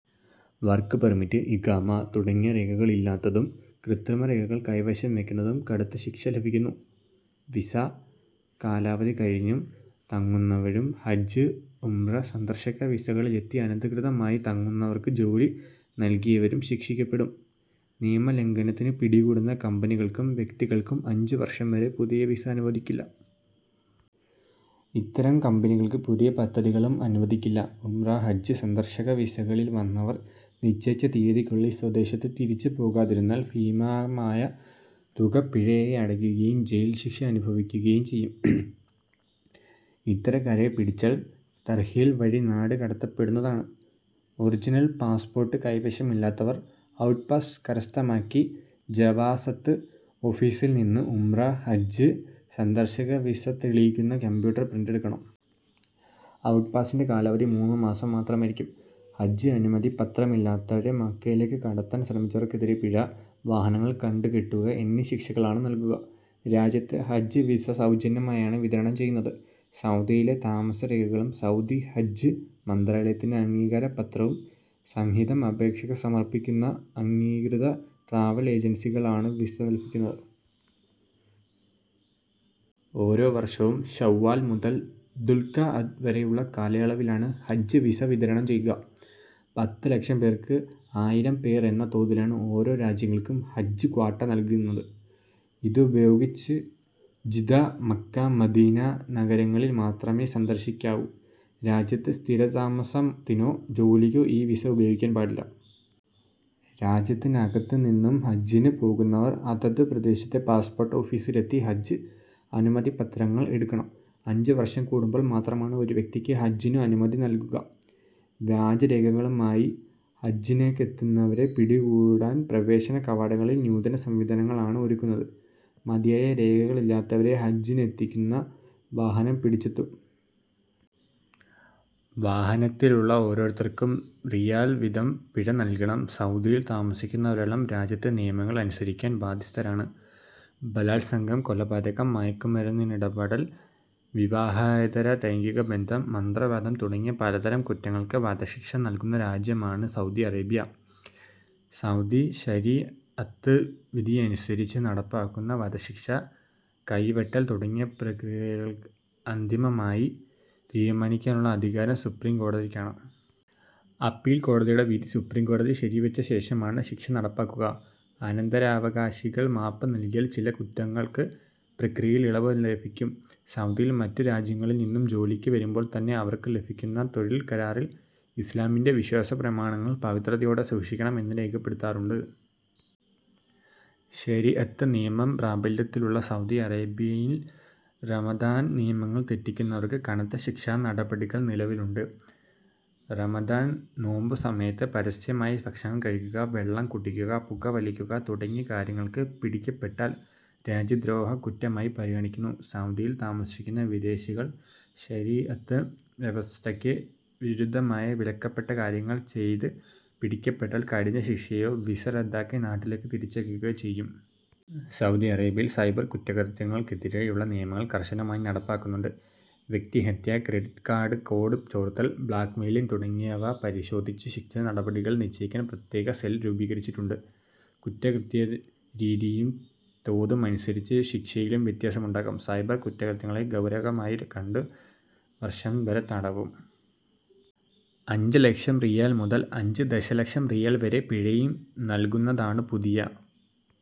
Work permit, ഇഖാമ തുടങ്ങിയ രേഖകൾ ഇല്ലാത്തതും കൃത്രിമരേഖകൾ കൈവശം വെക്കുന്നതും കടുത്ത ശിക്ഷ ലഭിക്കുന്നു. വിസ കാലാവധി കഴിഞ്ഞും തങ്ങുന്നവരും ഹജ്ജ്, ഉംറ, സന്ദർശക വിസകളിലെത്തി അനധികൃതമായി തങ്ങുന്നവർക്ക് ജോലി നൽകിയവരും ശിക്ഷിക്കപ്പെടും. നിയമലംഘനത്തിനു പിടികൂടുന്ന കമ്പനികൾക്കും വ്യക്തികൾക്കും അഞ്ചു വർഷം വരെ പുതിയ വിസ അനുവദിക്കില്ല. ഇത്തരം കമ്പനികൾക്ക് പുതിയ പദ്ധതികളും അനുവദിക്കില്ല. ഉംറ, ഹജ്ജ്, സന്ദർശക വിസകളിൽ വന്നവർ നിശ്ചയിച്ച തീയതിക്കുള്ളിൽ സ്വദേശത്തേക്ക് തിരിച്ചു പോകാതിരുന്നാൽ ഭീമമായ തുക പിഴയായി അടക്കുകയും ജയിൽ ശിക്ഷ അനുഭവിക്കുകയും ചെയ്യും. ഇത്തരക്കാരെ പിടിച്ചാൽ തർഹീൽ വഴി നാട് കടത്തപ്പെടുന്നതാണ്. ഒറിജിനൽ പാസ്പോർട്ട് കൈവശമില്ലാത്തവർ ഔട്ട്പാസ് കരസ്ഥമാക്കി ജവാസാത്ത് ഓഫീസിൽനിന്ന് ഉംറ/ ഹജ്ജ്/ സന്ദർശക വിസ തെളിയിക്കുന്ന കമ്പ്യൂട്ടർ പ്രിന്റ് എടുക്കണം. ഔട്ട് പാസിന്റെ കാലാവധി മൂന്ന് മാസം മാത്രമായിരിക്കും. ഹജ്ജ് അനുമതി പത്രമില്ലാത്തവരെ മക്കയിലേക്ക് കടത്താൻ ശ്രമിച്ചവർക്കെതിരെ പിഴ, വാഹനങ്ങൾ കണ്ടുകെട്ടുക എന്നീ ശിക്ഷകളാണ് നൽകുക. രാജ്യത്ത് ഹജ്ജ് വിസ സൗജന്യമായാണ് വിതരണം ചെയ്യുന്നത്. സൗദിയിലെ താമസരേഖകളും സൗദി ഹജ്ജ് മന്ത്രാലയത്തിന്റെ അംഗീകാരപത്രവും സഹിതം അപേക്ഷ സമർപിക്കുന്ന അംഗീകൃത ട്രാവൽ ഏജൻസികൾക്കാണ് വിസ ലഭിക്കുന്നത്. ഓരോ വർഷവും ശവ്വാൽ മുതൽ ദുൽഖഅദ് വരെയുള്ള കാലയളവിലാണ് ഹജ്ജ് വിസ വിതരണം ചെയ്യുക. പത്ത് ലക്ഷം പേർക്ക് ആയിരം പേർ എന്ന തോതിലാണ് ഓരോ രാജ്യങ്ങൾക്കും ഹജ്ജ് ക്വാട്ട നൽകുന്നത്. ഇതുപയോഗിച്ച് ജിദ്ദ, മക്ക, മദീന നഗരങ്ങളിൽ മാത്രമേ സന്ദർശിക്കാവൂ. രാജ്യത്ത് സ്ഥിര താമസത്തിനോ ജോലിക്കോ ഈ വിസ ഉപയോഗിക്കാൻ പാടില്ല. രാജ്യത്തിനകത്ത് നിന്നും ഹജ്ജിനു പോകുന്നവർ അതതു പ്രദേശത്തെ പാസ്പോർട്ട് ഓഫീസിലെത്തി ഹജ്ജ് അനുമതിപത്രങ്ങൾ എടുക്കണം. അഞ്ചു വർഷം കൂടുമ്പോൾ മാത്രമാണ് ഒരു വ്യക്തിക്ക് ഹജ്ജിനു അനുമതി നൽകുക. വ്യാജരേഖകളുമായി ഹജ്ജിനെത്തുന്നവരെ പിടികൂടാൻ പ്രവേശന കവാടങ്ങളിൽ നൂതന സംവിധാനങ്ങൾ ആണ് ഒരുക്കുന്നത്. മതിയായ രേഖകളില്ലാത്തവരെ ഹജ്ജിനെത്തിക്കുന്ന വാഹനം പിടിച്ചെടുക്കും. വാഹനത്തിലുള്ള ഓരോരുത്തർക്കും റിയാൽ വീതം പിഴ നൽകണം സൗദിയിൽ താമസിക്കുന്നവരെല്ലാം രാജ്യത്തെ നിയമങ്ങൾ അനുസരിക്കാൻ ബാധ്യസ്ഥരാണ്. ബലാത്സംഗം, കൊലപാതകം, മയക്കുമരുന്നിനടിമപ്പെടൽ, വിവാഹേതര ലൈംഗിക ബന്ധം, മന്ത്രവാദം തുടങ്ങിയ പലതരം കുറ്റങ്ങൾക്ക് വധശിക്ഷ നടപ്പാക്കുന്ന രാജ്യമാണ് സൗദി അറേബ്യ. സൗദി ശരീഅത്ത് വിധിയനുസരിച്ച് നടപ്പാക്കുന്ന വധശിക്ഷ, കൈവെട്ടൽ തുടങ്ങിയ പ്രതിക്രിയകൾ അന്തിമമായി തീരുമാനിക്കാനുള്ള അധികാരം സുപ്രീംകോടതിക്കാണ്. അപ്പീൽ കോടതിയുടെ വിധി സുപ്രീംകോടതി ശരിവെച്ച ശേഷമാണ് ശിക്ഷ നടപ്പാക്കുക. അനന്തരാവകാശികൾ മാപ്പ് നൽകിയാൽ ചില കുറ്റങ്ങൾക്ക് പ്രതിക്രിയയിൽ ഇളവ് ലഭിക്കും. സൗദിയിൽ മറ്റു രാജ്യങ്ങളിൽ നിന്നും ജോലിക്കു വരുമ്പോൾ തന്നെ അവർക്ക് ലഭിക്കുന്ന തൊഴിൽ കരാറിൽ ഇസ്ലാമിന്റെ വിശ്വാസ പ്രമാണങ്ങൾ പവിത്രതയോടെ സൂക്ഷിക്കണം എന്ന് രേഖപ്പെടുത്താറുണ്ട്. ശരീഅത്ത് നിയമം പ്രാബല്യത്തിലുള്ള സൗദി അറേബ്യയിൽ റമദാൻ നിയമങ്ങൾ തെറ്റിക്കുന്നവർക്ക് കനത്ത ശിക്ഷാ നടപടികൾ നിലവിലുണ്ട്. റമദാൻ നോമ്പു സമയത്ത് പരസ്യമായി ഭക്ഷണം കഴിക്കുക, വെളളം കുടിക്കുക, പുകവലിക്കുക തുടങ്ങിയ കാര്യങ്ങൾക്ക് പിടിക്കപ്പെട്ടാൽ രാജ്യദ്രോഹ കുറ്റമായി പരിഗണിക്കുന്നു. സൗദിയിൽ താമസിക്കുന്ന വിദേശികൾ ശരീഅത്ത് വ്യവസ്ഥക്ക് വിരുദ്ധമായ വിലക്കപ്പെട്ട കാര്യങ്ങൾ ചെയ്ത് പിടിക്കപ്പെട്ടാൽ കഠിന ശിക്ഷയോ വിസ റദ്ദാക്കി നാട്ടിലേക്ക് തിരിച്ചയക്കുകയോ ചെയ്യും. സൗദി അറേബ്യയിൽ സൈബർ കുറ്റകൃത്യങ്ങൾക്കെതിരെയുളള നിയമങ്ങൾ കർശനമായി നടപ്പാക്കുന്നുണ്ട്. വ്യക്തിഹത്യ, ക്രെഡിറ്റ് കാർഡ് കോഡ് ചോർത്തൽ, ബ്ലാക്ക്മെയ്ലിങ് തുടങ്ങിയവ പരിശോധിച്ചു ശിക്ഷാ നടപടികൾ നിശ്ചയിക്കാൻ പ്രത്യേക സെൽ രൂപീകരിച്ചിട്ടുണ്ട്. കുറ്റകൃത്യ രീതിയും തോതുമനുസരിച്ചു ശിക്ഷയിലും വ്യത്യാസമുണ്ടാകും. സൈബർ കുറ്റകൃത്യങ്ങളെ ഗൗരവകരമായി കണ്ടു വർഷം വരെ തടവും അഞ്ച് ലക്ഷം റിയാൽ മുതൽ അഞ്ച് ദശലക്ഷം റിയാൽ വരെ പിഴയും നൽകുന്നതാണു പുതിയ